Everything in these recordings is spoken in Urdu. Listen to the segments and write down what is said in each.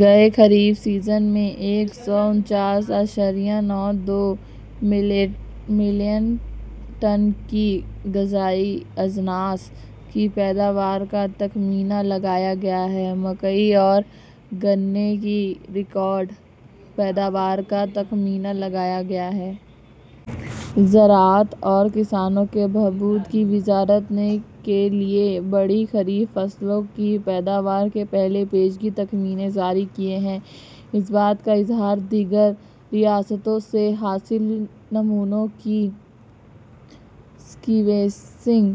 گئے خریف سیزن میں ایک سو انچاس اشاریہ نو دو ملین ٹن کی غذائی اجناس کی پیداوار کا تخمینہ لگایا گیا ہے مکئی اور گنے کی ریکارڈ پیداوار کا تخمینہ لگایا گیا ہے زراعت اور کسانوں کے بہبود کی وزارت نے کے لیے بڑی خریف فصلوں کی پیداوار کے پہلے پیشگی تخمینے جاری کیے ہیں اس بات کا اظہار دیگر ریاستوں سے حاصل نمونوں کی سیکوینسنگ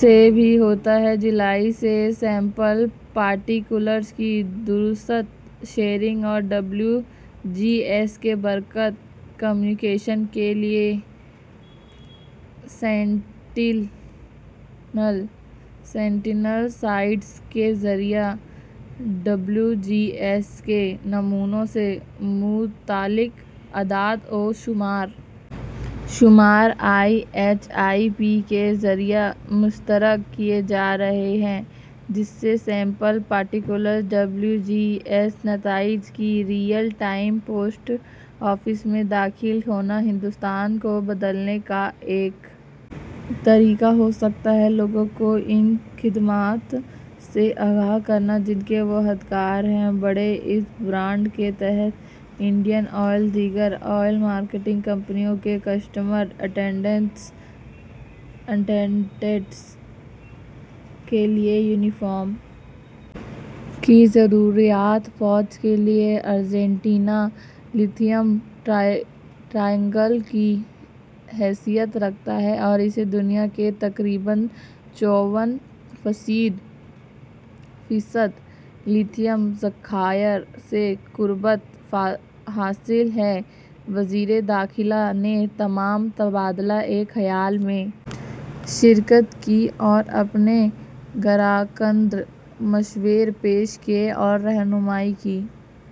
سے بھی ہوتا ہے جولائی سے سیمپل پارٹیکولرس کی درست شیئرنگ اور ڈبلیو جی ایس کے بروقت کمیونیکیشن کے لیے سینٹینل سائٹس کے ذریعہ ڈبلیو جی ایس کے نمونوں سے متعلق اعداد و شمار آئی ایچ آئی پی کے ذریعہ مشترک کیے جا رہے ہیں جس سے sample particular W G S نتائج کی ریئل ٹائم پوسٹ آفس میں داخل ہونا ہندوستان کو بدلنے کا ایک طریقہ ہو سکتا ہے لوگوں کو ان خدمات سے آگاہ کرنا جن کے وہ حقدار ہیں بڑے اس برانڈ کے تحت انڈین آئل دیگر آئل مارکیٹنگ کمپنیوں کے کسٹمر اٹینڈنٹس کے لیے یونیفارم کی ضروریات فوج کے لیے ارجنٹینا لتھیم ٹرائینگ ل کی حیثیت رکھتا ہے اور اسے دنیا کے تقریباً چوون فیصد لتھیم ذخائر سے قربت حاصل ہے وزیر داخلہ نے تمام تبادلہ خیال میں شرکت کی اور اپنے گرانقدر مشورے پیش کیے اور رہنمائی کی